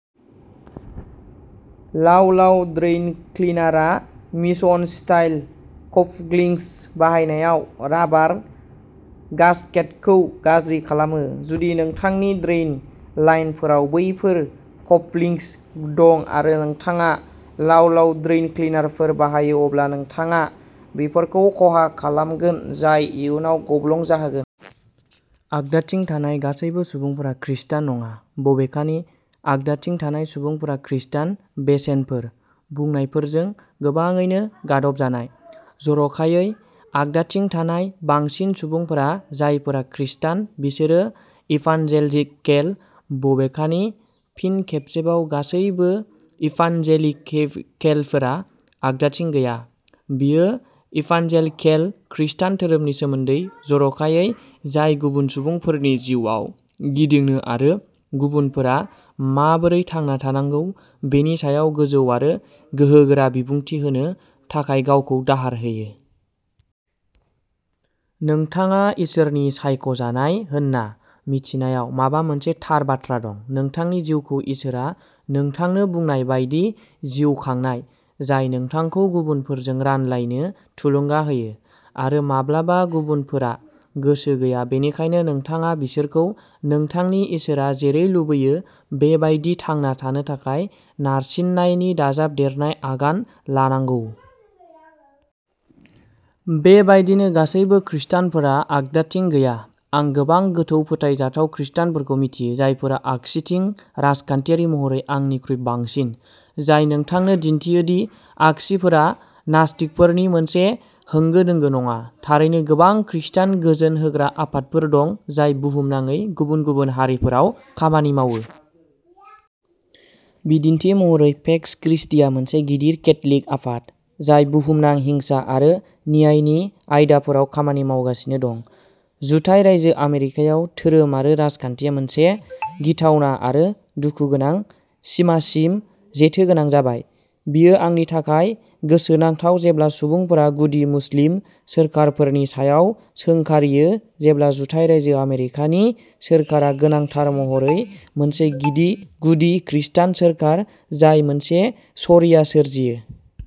लाव-लाव ड्रेइन क्लिनारआ "Mission" style कपलिंग्सआव बाहायजानाय राबार गास्केटखौ गाज्रि खालामो। जुदि नोंथांनि ड्रेइन लाइनफोराव बैफोर कपलिंग्स दं आरो नोंथाङा लाव-लाव ड्रेइन क्लिनारफोर बाहायो, अब्ला नोंथाङा बेफोरखौ खहा खालामगोन, जाय इयुनाव गब्लं जाहोगोन। आगदाथिं थानाय गासैबो सुबुंफोरा खृस्टान नङा, बबेखानि आगदाथिं थानाय सुबुंफोरा "खृस्टान बेसेनफोर" बुंनायफोरजों गोबाङैनो गादबजानाय। जर'खायै, आगदाथिं थानाय बांसिन सुबुंफोरा जायफोरा खृस्टान, बिसोरो इभान्जेलिकेल, बबेखानि फिन खेबसेबाव गासैबो इभान्जेलिकेलफोरा आगदाथिं गैया। बेयो इभान्जेलिकेल खृस्टान धोरोमनि सोमोन्दै, जर'खायै, जाय गुबुन सुबुंफोरनि जिउआव गिदिंनो आरो गुबुनफोरा माबोरै थांना थानांगौ बेनि सायाव गोजौ आरो गोहोगोरा बिबुंथि होनो थाखाय गावखौ दाहार होयो। नोंथाङा इसोरनि सायख'जानाय होन्ना मिथिनायाव माबा मोनसे थार बाथ्रा दं, नोंथांनि जिउखौ इसोरआ नोंथांनो बुंनाय बायदि जिउ खांनाय, जाय नोंथांखौ गुबुनफोरजों रानलायनो थुलुंगा होयो। आरो माब्लाबा गुबुनफोरा गोसो गैया, बेनिखायनो नोंथाङा बिसोरखौ नोंथांनि इसोरआ जेरै लुबैयो बे बायदि थांना थानो थाखाय नारसिननायनि दाजाबदेरनाय आगान लानांगौ। बेबायदिनो, गासैबो खृस्टानफोरा आगदाथिं गैया। आं गोबां गोथौ फोथायजाथाव खृस्टानफोरखौ मिथियो जायफोरा आगसिथिं, राजखान्थियारि महरै, आंनिख्रुइ बांसिन। जाय नोंथांनो दिन्थियो दि आगसिफोरा नास्तिकफोरनि मोनसे होंगो-दोंगो नङा। थारैनो, गोबां खृस्टान गोजोन होग्रा आफादफोर दं जाय बुहुमनाङै गुबुन-गुबुन हारिफोराव खामानि मावो। बिदिन्थि महरै, पेक्स क्रिस्टीआ मोनसे गिदिर केथ'लिक आफाद जाय बुहुमनां हिंसा आरो न्यायनि आयदाफोराव खामानि मावगासिनो दं। जुथाइ रायजो आमेरिकायाव धोरोम आरो राजखान्थिया मोनसे गिथावना आरो दुखुगोनां सिमासिम जेथोगोनां जाबाय। बेयो आंनि थाखाय गोसोनांथाव जेब्ला सुबुंफोरा गुदि मुस्लिम सोरखारफोरनि सायाव सोंखारियो जेब्ला जुथाइ रायजो आमेरिकानि सोरखारा गोनांथार महरै मोनसे गिदि गुदि खृस्टान सोरखार, जाय मोनसे शरिया सोरजियो।